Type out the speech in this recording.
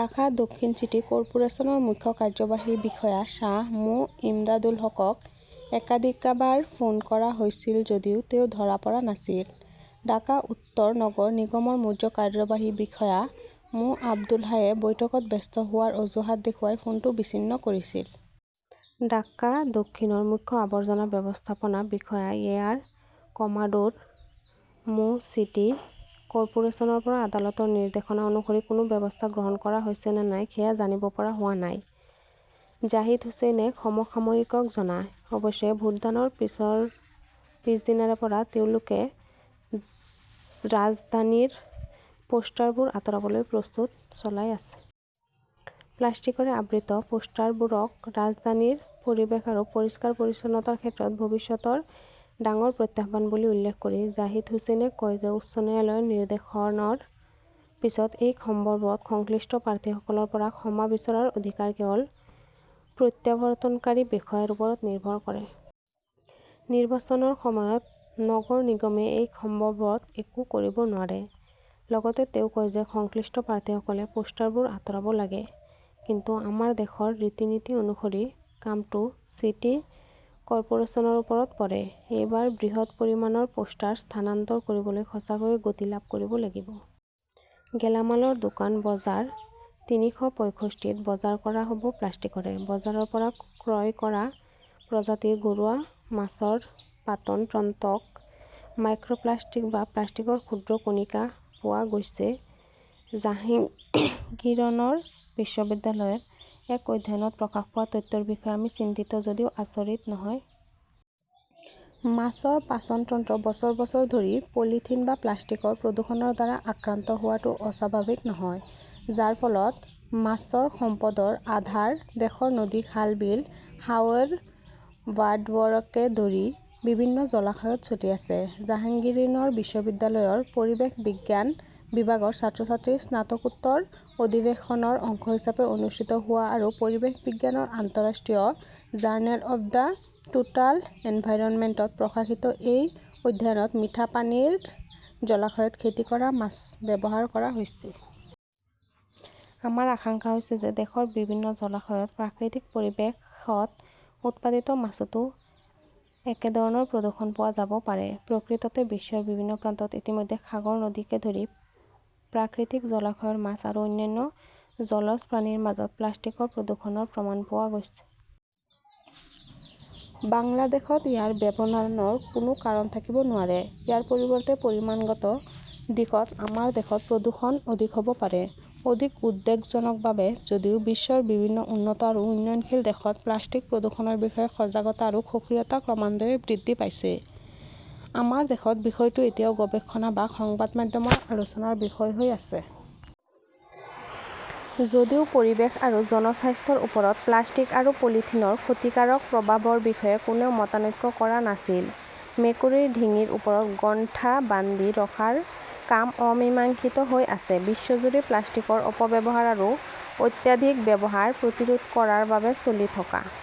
ঢাকা দক্ষিণ চিটি কৰ্পোৰেচনৰ মুখ্য কাৰ্যবাহী বিষয়া শ্বাহ মো. ইমদাদুল হকক একাধিকাবাৰ ফোন কৰা হৈছিল যদিও তেওঁ ধৰা পৰা নাছিল। ঢাকা উত্তৰ নগৰ নিগমৰ মুখ্য কাৰ্যবাহী বিষয়া মো. আব্দুল হায়ে বৈঠকত ব্যস্ত হোৱাৰ অজুহাত দেখুৱাই ফোনটো বিচ্ছিন্ন কৰিছিল। ঢাকা দক্ষিণৰ মুখ্য আৱৰ্জনা ব্যৱস্থাপনা বিষয়া এয়াৰ কমাডোৰ মো. চিটি কৰ্পোৰেচনৰ পৰা আদালতৰ নিৰ্দেশনা অনুসৰি কোনো ব্যৱস্থা গ্ৰহণ কৰা হৈছে নে নাই সেয়া জানিব পৰা হোৱা নাই, জাহিদ হুচেইনে সমসাময়িকক জনায়। অৱশ্যে, ভোটদানৰ পিছদিনাৰে পৰা তেওঁলোকে ৰাচ ৰাজধানীৰ পোষ্টাৰবোৰ আঁতৰাবলৈ প্ৰস্তুতি চলাই আছে। প্লাষ্টিকৰে আবৃত পোষ্টাৰবোৰক ৰাজধানীৰ পৰিৱেশ আৰু পৰিষ্কাৰ-পৰিচ্ছন্নতাৰ ক্ষেত্ৰত ভৱিষ্যতৰ ডাঙৰ প্ৰত্যাহ্বান বুলি উল্লেখ কৰি জাহিদ হুচেইনে কয় যে উচ্চ ন্যায়ালয়ৰ নিৰ্দেশৰ পিছত এই সন্দৰ্ভত সংশ্লিষ্ট প্ৰাৰ্থীসকলৰ পৰা ক্ষমা বিচৰাৰ অধিকাৰ কেৱল প্ৰত্যাৱৰ্তনকাৰী বিষয়াৰ ওপৰত নিৰ্ভৰ কৰে। নিৰ্বাচনৰ সময়ত নগৰ নিগমে এই সন্দৰ্ভত একো কৰিব নোৱাৰে। লগতে তেঁও কয় যে সংশ্লিষ্ট প্ৰাৰ্থীসকলে পোষ্টাৰবোৰ আঁতৰাব লাগে; কিন্তু আমাৰ দেশৰ ৰীতি-নীতি অনুসৰি কামটো চিটি কৰ্পোৰেচনৰ ওপৰত পৰে। এইবাৰ বৃহৎ পৰিমাণৰ পোষ্টাৰ স্থানান্তৰ কৰিবলৈ সঁচাকৈয়ে গতি লাভ কৰিব লাগিব। গেলামালৰ দোকান বজাৰ তিনিশ পয়ষষ্ঠি ত বজাৰ কৰা হ'ব প্লাষ্টিকৰে! বজাৰৰ পৰা ক্ৰয় কৰা প্ৰজাতিৰ ঘৰুৱা মাছৰ পাতন তন্ত্ৰক "মাইক্ৰ'প্লাষ্টিক" বা প্লাষ্টিকৰ ক্ষুদ্ৰ কণিকা পোৱা গৈছে-জাহাংগীৰনৰ বিশ্ববিদ্যালয়ৰ এক অধ্যয়নত প্ৰকাশ পোৱা তথ্যৰ বিষয়ে আমি চিন্তিত যদিও আচৰিত নহয়। মাছৰ পাচন তন্ত্ৰ বছৰ বছৰ ধৰি পলিথিন বা প্লাষ্টিকৰ প্ৰদূষণৰ দ্বাৰা আক্ৰান্ত হোৱাটো অস্বাভাৱিক নহয়, যাৰ ফলত মাছৰ সম্পদৰ আধাৰ দেশৰ নদী, খাল-বিল, হাওৰ-বাৱডৰকে ধৰি বিভিন্ন জলাশয়ত চলি আছে। জাহাংগীৰনৰ বিশ্ববিদ্যালয়ৰ পৰিৱেশ বিজ্ঞান বিভাগৰ ছাত্ৰ-ছাত্ৰীৰ স্নাতকোত্তৰ অধিৱেশনৰ অংশ হিচাপে অনুষ্ঠিত হোৱা আৰু পৰিৱেশ বিজ্ঞানৰ আন্তঃৰাষ্ট্ৰীয় জাৰ্নেল অৱ দ্য টোটাল এনভাইৰনমেণ্টত প্ৰকাশিত এই অধ্যয়নত মিঠা পানীৰ জলাশয়ত খেতি কৰা মাছ ব্যৱহাৰ কৰা হৈছে। আমাৰ আশাংকা হৈছে যে দেশৰ বিভিন্ন জলাশয়ত প্ৰাকৃতিক পৰিৱেশত উৎপাদিত মাছতো একে ধৰণৰ প্ৰদূষণ পোৱা যাব পাৰে। প্ৰকৃততে, বিশ্বৰ বিভিন্ন প্ৰান্তত ইতিমধ্যে সাগৰ, নদীকে ধৰি প্ৰাকৃতিক জলাশয়ৰ মাছ আৰু অন্যান্য জলজ প্ৰাণীৰ মাজত প্লাষ্টিকৰ প্ৰদূষণৰ প্ৰমাণ পোৱা গৈছে। বাংলাদেশত ইয়াৰ ব্যৱধানৰ কোনো কাৰণ থাকিব নোৱাৰে। ইয়াৰ পৰিৱৰ্তে পৰিমাণগত দিশত আমাৰ দেশত প্ৰদূষণ অধিক হ’ব পাৰে। অধিক উদ্বেগজনকভাৱে, যদিও বিশ্বৰ বিভিন্ন উন্নত আৰু উন্নয়নশীল দেশত প্লাষ্টিক প্ৰদূষণৰ বিষয়ে সজাগতা আৰু সক্ৰিয়তা ক্ৰমান্বয়ে বৃদ্ধি পাইছে, আমাৰ দেশত বিষয়টো এতিয়াও গৱেষণা বা সংবাদ মাধ্যমৰ আলোচনাৰ বিষয় হৈ আছে। যদিও পৰিৱেশ আৰু জনস্বাস্থ্যৰ ওপৰত প্লাষ্টিক আৰু পলিথিনৰ ক্ষতিকাৰক প্ৰভাৱৰ বিষয়ে কোনেও মতানৈক্য কৰা নাছিল, মেকুৰীৰ ডিঙিৰ ওপৰত গন্থা বান্ধি ৰখাৰ কাম অমীমাংসিত হৈ আছে। বিশ্বজুৰি প্লাষ্টিকৰ অপব্যৱহাৰ আৰু অত্যাধিক ব্যৱহাৰ প্ৰতিৰোধ কৰাৰ বাবে চলি থকা